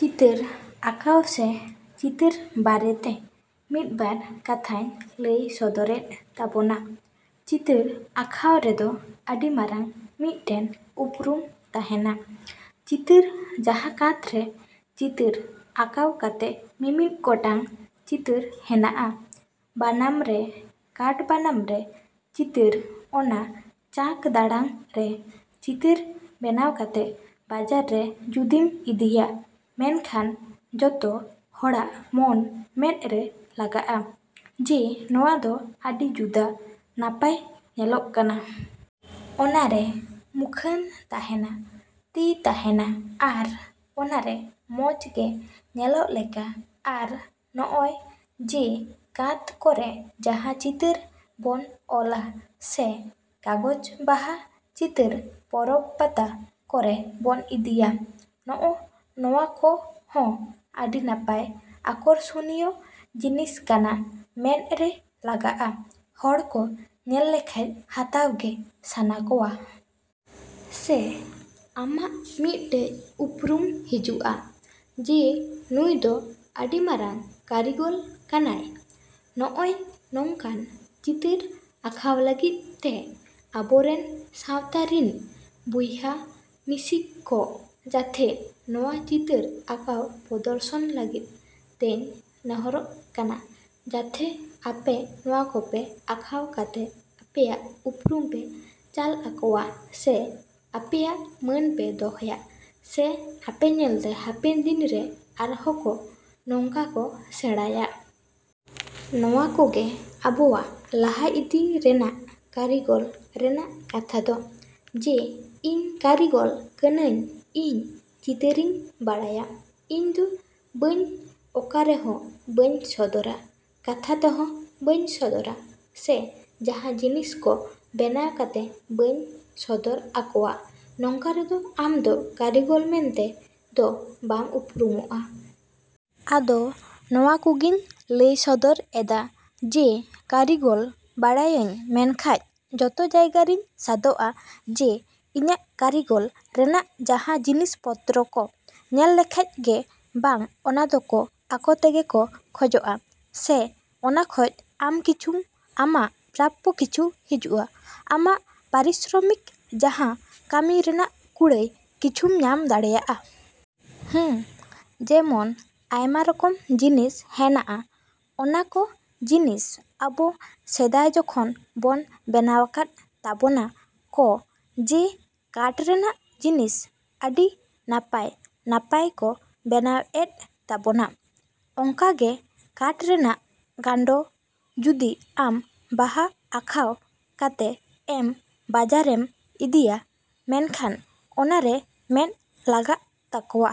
ᱪᱤᱛᱟᱹᱨ ᱟᱸᱠᱟᱣ ᱥᱮ ᱪᱤᱛᱟᱹᱨ ᱵᱟᱨᱮᱛᱮ ᱢᱤᱫ ᱵᱟᱨ ᱠᱟᱛᱷᱟᱧ ᱞᱟᱹᱭ ᱥᱚᱫᱚᱨᱮᱫ ᱛᱟᱵᱚᱱᱟ᱾ ᱪᱤᱛᱟᱹᱨ ᱟᱸᱠᱷᱟᱣ ᱨᱮᱫᱚ ᱟᱹᱰᱤ ᱢᱟᱨᱟᱝ ᱢᱤᱫᱴᱮᱱ ᱩᱯᱨᱩᱢ ᱛᱟᱦᱮᱱᱟ᱾ ᱪᱤᱛᱟᱹᱨ ᱡᱟᱸᱦᱟ ᱠᱟᱸᱛ ᱨᱮ ᱪᱤᱛᱟᱹᱨ ᱟᱸᱠᱟᱣ ᱠᱟᱛᱮ ᱢᱤᱢᱤᱫ ᱜᱚᱴᱟᱝ ᱪᱤᱛᱟᱹᱨ ᱦᱮᱱᱟᱜᱼᱟ ᱵᱟᱱᱟᱢ ᱨᱮ ᱠᱟᱴ ᱵᱟᱱᱟᱢ ᱨᱮ ᱪᱤᱛᱟᱹᱨ ᱚᱱᱟ ᱪᱟᱸᱠ ᱫᱟᱲᱟᱝ ᱨᱮ ᱪᱤᱛᱟᱹᱨ ᱵᱮᱱᱟᱣ ᱠᱟᱛᱮ ᱵᱟᱡᱟᱨ ᱨᱮ ᱡᱩᱫᱤᱢ ᱤᱫᱤᱭᱟ ᱢᱮᱱᱠᱷᱟᱱ ᱡᱚᱛᱚ ᱦᱚᱲᱟᱜ ᱢᱚᱱ ᱢᱮᱸᱫ ᱨᱮ ᱞᱟᱜᱟᱜᱼᱟ ᱡᱮ ᱱᱚᱣᱟ ᱫᱚ ᱟᱹᱰᱤ ᱡᱩᱫᱟ ᱱᱟᱯᱟᱭ ᱧᱮᱞᱚᱜ ᱠᱟᱱᱟ᱾ ᱚᱱᱟ ᱨᱮ ᱢᱩᱠᱷᱟᱹᱱ ᱛᱟᱦᱮᱱᱟ ᱛᱤ ᱛᱟᱦᱮᱱᱟ ᱟᱨ ᱚᱱᱟᱨᱮ ᱢᱚᱡᱽ ᱜᱮ ᱧᱮᱞᱚᱜ ᱞᱮᱠᱟ ᱟᱨ ᱱᱚᱜᱼᱚᱭ ᱡᱮ ᱠᱟᱸᱛ ᱠᱚᱨᱮ ᱡᱟᱦᱟᱸ ᱪᱤᱛᱟᱹᱨ ᱵᱚᱱ ᱚᱞᱟ ᱥᱮ ᱠᱟᱜᱚᱡ ᱵᱟᱦᱟ ᱪᱤᱛᱟᱹᱨ ᱯᱚᱨᱚᱵ ᱯᱟᱛᱟ ᱠᱚᱨᱮ ᱵᱚᱱ ᱤᱫᱤᱭᱟ᱾ ᱱᱚᱜᱼᱚ ᱱᱚᱣᱟ ᱠᱚ ᱦᱚᱸ ᱟᱹᱰᱤ ᱱᱟᱯᱟᱭ ᱟᱠᱚᱨᱥᱚᱱᱤᱭᱚ ᱡᱤᱱᱤᱥ ᱠᱟᱱᱟ ᱢᱮᱸᱫ ᱨᱮ ᱞᱟᱜᱟᱜᱼᱟ ᱦᱚᱲ ᱠᱚ ᱧᱮᱞ ᱞᱮᱠᱷᱟᱡ ᱦᱟᱛᱟᱣ ᱜᱮ ᱥᱟᱱᱟ ᱠᱚᱣᱟ᱾ ᱥᱮ ᱟᱢᱟᱜ ᱢᱤᱫᱴᱮᱡ ᱩᱯᱨᱩᱢ ᱦᱤᱡᱩᱜᱼᱟ ᱡᱮ ᱱᱩᱭ ᱫᱚ ᱟᱹᱰᱤ ᱢᱟᱨᱟᱝ ᱠᱟᱹᱨᱤᱜᱚᱞ ᱠᱟᱱᱟᱭ᱾ ᱱᱚᱜᱼᱚᱭ ᱱᱚᱝᱠᱟᱱ ᱪᱤᱛᱟᱹᱨ ᱟᱸᱠᱷᱟᱣ ᱞᱟᱹᱜᱤᱫ ᱛᱮ ᱟᱵᱚ ᱨᱮᱱ ᱥᱟᱶᱛᱟ ᱨᱤᱱ ᱵᱚᱭᱦᱟ ᱢᱤᱥᱤ ᱠᱚ ᱡᱟᱛᱷᱮ ᱱᱚᱣᱟ ᱪᱤᱛᱟᱹᱨ ᱟᱸᱠᱟᱣ ᱯᱚᱫᱚᱨᱥᱚᱱ ᱞᱟᱹᱜᱤᱫ ᱛᱮᱧ ᱱᱮᱦᱚᱨᱚᱜ ᱠᱟᱱᱟ ᱡᱟᱛᱷᱮ ᱟᱯᱮ ᱱᱚᱣᱟ ᱠᱚᱯᱮ ᱟᱸᱠᱷᱟᱣ ᱠᱟᱛᱮ ᱟᱯᱮᱭᱟᱜ ᱩᱯᱨᱩᱢ ᱯᱮ ᱪᱟᱞ ᱟᱠᱚᱣᱟ ᱥᱮ ᱟᱯᱮᱭᱟᱜ ᱢᱟᱹᱱ ᱯᱮ ᱫᱚᱦᱚᱭᱟ ᱥᱮ ᱟᱯᱮ ᱧᱮᱞᱛᱮ ᱦᱟᱯᱮᱱ ᱫᱤᱱ ᱨᱮ ᱟᱨᱦᱚ ᱠᱚ ᱱᱚᱝᱠᱟ ᱠᱚ ᱥᱮᱬᱟᱭᱟ᱾ ᱱᱚᱣᱟ ᱠᱚᱜᱮ ᱟᱵᱚᱣᱟᱜ ᱞᱟᱦᱟ ᱤᱫᱤ ᱨᱮᱱᱟᱜ ᱠᱟᱹᱨᱤᱜᱚᱞ ᱨᱮᱱᱟᱜ ᱠᱟᱛᱷᱟ ᱫᱚ᱾ ᱡᱮ ᱤᱧ ᱠᱟᱹᱨᱤᱜᱚᱞ ᱠᱟᱹᱱᱟᱹᱧ ᱤᱧ ᱪᱤᱛᱟᱹᱨᱤᱧ ᱵᱟᱲᱟᱭᱟ ᱤᱧᱫᱚ ᱵᱟᱹᱧ ᱚᱠᱟ ᱨᱮᱦᱚᱸ ᱵᱟᱹᱧ ᱥᱚᱫᱚᱨᱟ ᱠᱟᱛᱷᱟ ᱛᱮᱦᱚᱸ ᱵᱟᱹᱧ ᱥᱚᱫᱚᱨᱟ ᱥᱮ ᱡᱟᱦᱟᱸ ᱡᱤᱱᱤᱥ ᱠᱚ ᱵᱮᱱᱟᱣ ᱠᱟᱛᱮ ᱵᱟᱹᱧ ᱥᱚᱫᱚᱨ ᱟᱠᱚᱣᱟ ᱱᱚᱝᱠᱟ ᱨᱮᱫᱚ ᱟᱢᱫᱚ ᱠᱟᱹᱨᱤᱜᱚᱞ ᱢᱮᱱᱛᱮ ᱫᱚ ᱵᱟᱢ ᱩᱯᱨᱩᱢᱚᱜᱼᱟ᱾ ᱟᱫᱚ ᱱᱚᱣᱟ ᱠᱚᱜᱤᱧ ᱞᱟᱹᱭ ᱥᱚᱫᱚᱨ ᱮᱫᱟ ᱡᱮ ᱠᱟᱹᱨᱤᱜᱚᱞ ᱵᱟᱲᱟᱭᱟᱹᱧ ᱢᱮᱱᱠᱷᱟᱡ ᱡᱚᱛᱚ ᱡᱟᱭᱜᱟ ᱨᱤᱧ ᱥᱟᱫᱚᱜᱼᱟ ᱡᱮ ᱤᱧᱟᱹᱜ ᱠᱟᱹᱨᱤᱜᱚᱞ ᱨᱮᱱᱟᱜ ᱡᱟᱦᱟᱸ ᱡᱤᱱᱤᱥ ᱯᱚᱛᱨᱚ ᱠᱚ ᱧᱮᱞ ᱞᱮᱠᱷᱟᱡ ᱜᱮ ᱵᱟᱝ ᱚᱱᱟ ᱫᱚᱠᱚ ᱟᱠᱚ ᱛᱮᱜᱮ ᱠᱚ ᱠᱷᱚᱡᱚᱜᱼᱟ ᱥᱮ ᱚᱱᱟ ᱠᱷᱚᱡ ᱟᱢ ᱠᱤᱪᱷᱩᱢ ᱟᱢᱟᱜ ᱯᱨᱟᱯᱯᱚ ᱠᱤᱪᱷᱩ ᱦᱤᱡᱩᱜᱼᱟ ᱟᱢᱟᱜ ᱯᱟᱨᱤᱥᱨᱚᱢᱤᱠ ᱡᱟᱦᱟᱸ ᱠᱟᱹᱢᱤ ᱨᱮᱱᱟᱜ ᱠᱩᱲᱟᱹᱭ ᱠᱤᱪᱷᱩᱢ ᱧᱟᱢ ᱫᱟᱲᱮᱭᱟᱜᱼᱟ᱾ ᱦᱩᱸ ᱡᱮᱢᱚᱱ ᱟᱭᱢᱟ ᱨᱚᱠᱚᱢ ᱡᱤᱱᱤᱥ ᱦᱮᱱᱟᱜᱼᱟ ᱚᱱᱟ ᱠᱚ ᱡᱤᱱᱤᱥ ᱟᱵᱚ ᱥᱮᱫᱟᱭ ᱡᱚᱠᱷᱚᱱ ᱵᱚᱱ ᱵᱮᱱᱟᱣᱟᱠᱟᱫ ᱛᱟᱵᱚᱱᱟ ᱠᱚ ᱡᱮ ᱠᱟᱴ ᱨᱮᱱᱟᱜ ᱡᱤᱱᱤᱥ ᱟᱹᱰᱤ ᱱᱟᱯᱟᱭ ᱱᱟᱯᱟᱭ ᱠᱚ ᱵᱮᱱᱟᱣ ᱮᱫ ᱛᱟᱵᱚᱱᱟ᱾ ᱚᱱᱠᱟ ᱜᱮ ᱠᱟᱴ ᱨᱮᱱᱟᱜ ᱜᱟᱸᱰᱚ ᱡᱩᱫᱤ ᱟᱢ ᱵᱟᱦᱟ ᱟᱸᱠᱷᱟᱣ ᱠᱟᱛᱮ ᱮᱢ ᱵᱟᱡᱟᱨᱮᱢ ᱤᱫᱤᱭᱟ ᱢᱮᱱᱠᱷᱟᱱ ᱚᱱᱟ ᱨᱮ ᱢᱮᱸᱫ ᱞᱟᱜᱟᱜ ᱛᱟᱠᱚᱣᱟ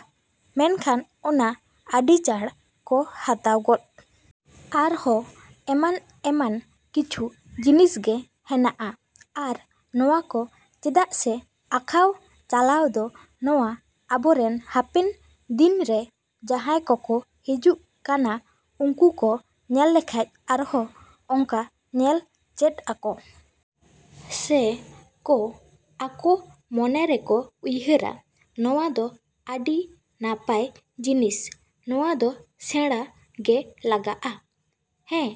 ᱢᱮᱱᱠᱷᱟᱱ ᱚᱱᱟ ᱟᱹᱰᱤ ᱪᱟᱬ ᱠᱚ ᱦᱟᱛᱟᱣ ᱜᱚᱫ᱾ ᱟᱨᱦᱚ ᱮᱢᱟᱱ ᱮᱢᱟᱱ ᱠᱤᱪᱷᱩ ᱡᱤᱱᱤᱥ ᱜᱮ ᱦᱮᱱᱟᱜᱼᱟ ᱟᱨ ᱱᱚᱣᱟ ᱠᱚ ᱪᱮᱫᱟᱜ ᱥᱮ ᱟᱸᱠᱷᱟᱣ ᱪᱟᱞᱟᱣ ᱫᱚ ᱱᱚᱣᱟ ᱟᱵᱚ ᱨᱮᱱ ᱦᱟᱯᱮᱱ ᱫᱤᱱ ᱨᱮ ᱡᱟᱦᱟᱭ ᱠᱚᱠᱚ ᱦᱤᱡᱩᱜ ᱠᱟᱱᱟ ᱩᱱᱠᱩ ᱠᱚ ᱧᱮᱞ ᱞᱮᱠᱷᱟᱡ ᱟᱨᱦᱚ ᱚᱱᱠᱟ ᱧᱮᱞ ᱪᱮᱫ ᱟᱠᱚ᱾ ᱥᱮ ᱠᱚ ᱟᱠᱚ ᱢᱚᱱᱮ ᱨᱮᱠᱚ ᱩᱭᱦᱟᱹᱨᱟ ᱱᱚᱣᱟ ᱫᱚ ᱟᱹᱰᱤ ᱱᱟᱯᱟᱭ ᱡᱤᱱᱤᱥ ᱱᱚᱣᱟ ᱫᱚ ᱥᱮᱬᱟ ᱜᱮ ᱞᱟᱜᱟᱜᱼᱟ᱾ ᱦᱮᱸ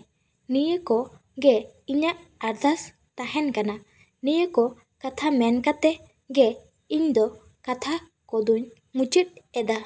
ᱱᱤᱭᱟᱹ ᱠᱚ ᱜᱮ ᱤᱧᱟᱹᱜ ᱟᱨᱫᱟᱥ ᱛᱟᱦᱮᱱ ᱠᱟᱱᱟ ᱱᱤᱭᱟᱹ ᱠᱚ ᱠᱟᱛᱷᱟ ᱢᱮᱱ ᱠᱟᱛᱮ ᱜᱮ ᱤᱧ ᱫᱚ ᱠᱟᱛᱷᱟ ᱠᱚᱫᱚᱧ ᱢᱩᱪᱟᱹᱫ ᱮᱫᱟ᱾